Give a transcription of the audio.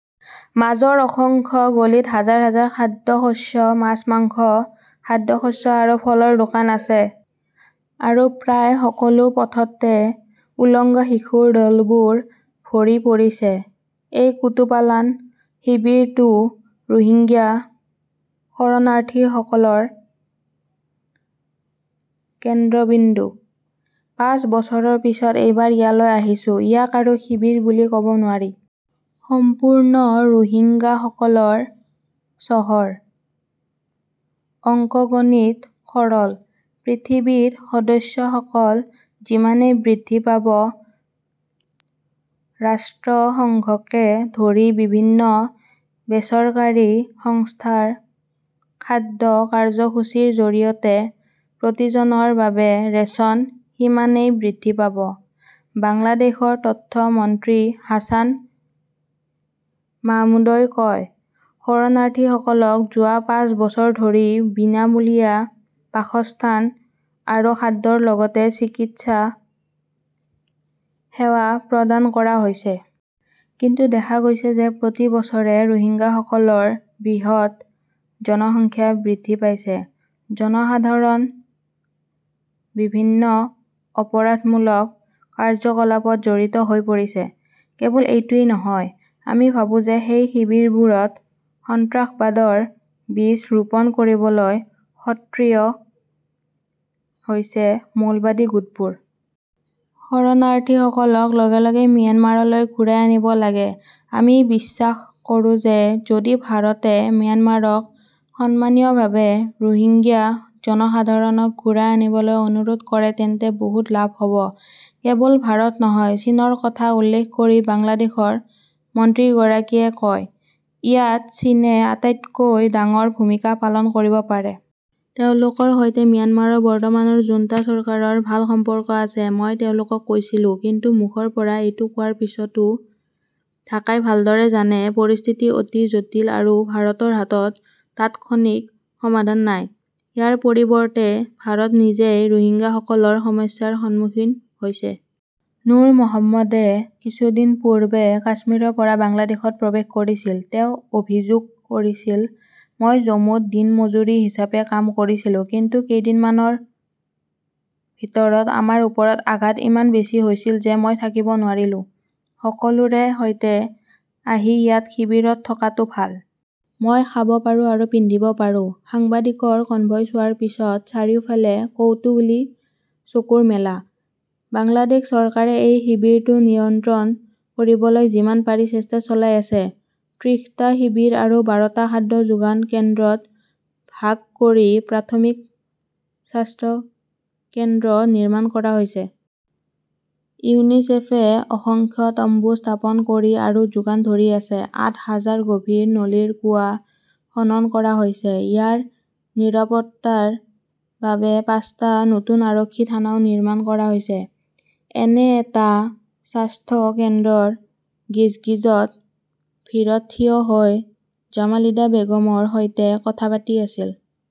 মাজৰ অসংখ্য গলিত হাজাৰ হাজাৰ খাদ্যশস্য, মাছ-মাংস, খাদ্যশস্য আৰু ফলৰ দোকান আছে। আৰু প্ৰায় সকলো পথতে উলংগ শিশুৰ দলবোৰ ভৰি পৰিছে। এই কুতুপালান শিবিৰটো ৰোহিংগ্যা শৰণাৰ্থীসকলৰ কেন্দ্ৰবিন্দু। পাঁচ বছৰৰ পিছত এইবাৰ ইয়ালৈ আহিছোঁ, ইয়াক আৰু শিবিৰ বুলি কব নোৱাৰি। সম্পূৰ্ণ ৰোহিংগাসকলৰ চহৰ। অংকগণিত সৰল। পৃথিৱীত সদস্যসকল যিমানে বৃদ্ধি পাব, ৰাষ্ট্ৰসংঘকে ধৰি বিভিন্ন বেচৰকাৰী সংস্থাৰ খাদ্য কাৰ্যসূচীৰ জৰিয়তে প্ৰতিজনৰ বাবে ৰেচন সিমানেই বৃদ্ধি পাব। বাংলাদেশৰ তথ্য মন্ত্ৰী হাছান মাহমুদই কয়, শৰণাৰ্থীসকলক যোৱা পাঁচ বছৰ ধৰি বিনামূলীয়া বাসস্থান আৰু খাদ্যৰ লগতে চিকিৎসা সেৱা প্ৰদান কৰা হৈছে। কিন্তু দেখা গৈছে যে প্ৰতি বছৰে ৰোহিংগাসকলৰ বৃহৎ জনসংখ্যা বৃদ্ধি পাইছে। জনসাধাৰণ বিভিন্ন অপৰাধমূলক কাৰ্যকলাপত জড়িত হৈ পৰিছে। কেৱল এইটোৱেই নহয়, আমি ভাবো যে সেই শিবিৰবোৰত সন্ত্ৰাসবাদৰ বীজ ৰোপণ কৰিবলৈ সক্ৰিয় হৈছে মৌলবাদী গোটবোৰ। শৰণাৰ্থীসকলক লগে লগে ম্যানমাৰলৈ ঘূৰাই আনিব লাগে। আমি বিশ্বাস কৰোঁ যে যদি ভাৰতে ম্যানমাৰক সন্মানীয়ভাৱে ৰোহিংগ্যা জনসাধাৰণক ঘূৰাই আনিবলৈ অনুৰোধ কৰে তেন্তে বহুত লাভ হ'ব। কেৱল ভাৰত নহয়, চীনৰ কথা উল্লেখ কৰি বাংলাদেশৰ মন্ত্ৰীগৰাকীয়ে কয়, ইয়াত চীনে আটাইতকৈ ডাঙৰ ভূমিকা পালন কৰিব পাৰে। তেওঁলোকৰ সৈতে ম্যানমাৰৰ বৰ্তমানৰ জুন্টা চৰকাৰৰ ভাল সম্পৰ্ক আছে। মই তেওঁলোকক কৈছিলো। কিন্তু মুখৰ পৰা এইটো কোৱাৰ পিছতো ঢাকাই ভালদৰে জানে, পৰিস্থিতি অতি জটিল আৰু ভাৰতৰ হাতত তাৎক্ষণিক সমাধান নাই। ইয়াৰ পৰিৱৰ্তে ভাৰত নিজেই ৰোহিংগাসকলৰ সমস্যাৰ সন্মুখীন হৈছে। নুৰ মহম্মদে কিছুদিন পূৰ্বে কাশ্মীৰৰ পৰা বাংলাদেশত প্ৰৱেশ কৰিছিল। তেওঁ অভিযোগ কৰিছিল, মই জম্মুত দিনমজুৰি হিচাপে কাম কৰিছিলো। কিন্তু কেইদিনমানৰ ভিতৰত আমাৰ ওপৰত আঘাত ইমান বেছি হৈছিল যে মই থাকিব নোৱাৰিলো। সকলোৰে সৈতে আহি ইয়াত শিবিৰত থকাটো ভাল। মই খাব পাৰো আৰু পিন্ধিব পাৰো। সাংবাদিকৰ কনভয় চোৱাৰ পিছত চাৰিওফালে কৌতুহলী চকুৰ মেলা। বাংলাদেশ চৰকাৰে এই শিবিৰটো নিয়ন্ত্ৰণ কৰিবলৈ যিমান পাৰি চেষ্টা চলাই আছে। ত্ৰিশটা শিবিৰ আৰু বাৰটা খাদ্য যোগান কেন্দ্ৰত ভাগ কৰি প্ৰাথমিক স্বাস্থ্য কেন্দ্ৰ নিৰ্মাণ কৰা হৈছে। ইউনিছেফে অসংখ্য তম্বু স্থাপন কৰি আৰু যোগান ধৰি আছে। আঠ হাজাৰ গভীৰ নলীৰ কুঁৱা খনন কৰা হৈছে। ইয়াৰ নিৰাপত্তাৰ বাবে পাঁচটা নতুন আৰক্ষী থানাও নিৰ্মাণ কৰা হৈছে। এনে এটা স্বাস্থ্য কেন্দ্ৰৰ গিজগিজত ভীৰত থিয় হৈ জামালিদা বেগমৰ সৈতে কথা পাতি আছিল।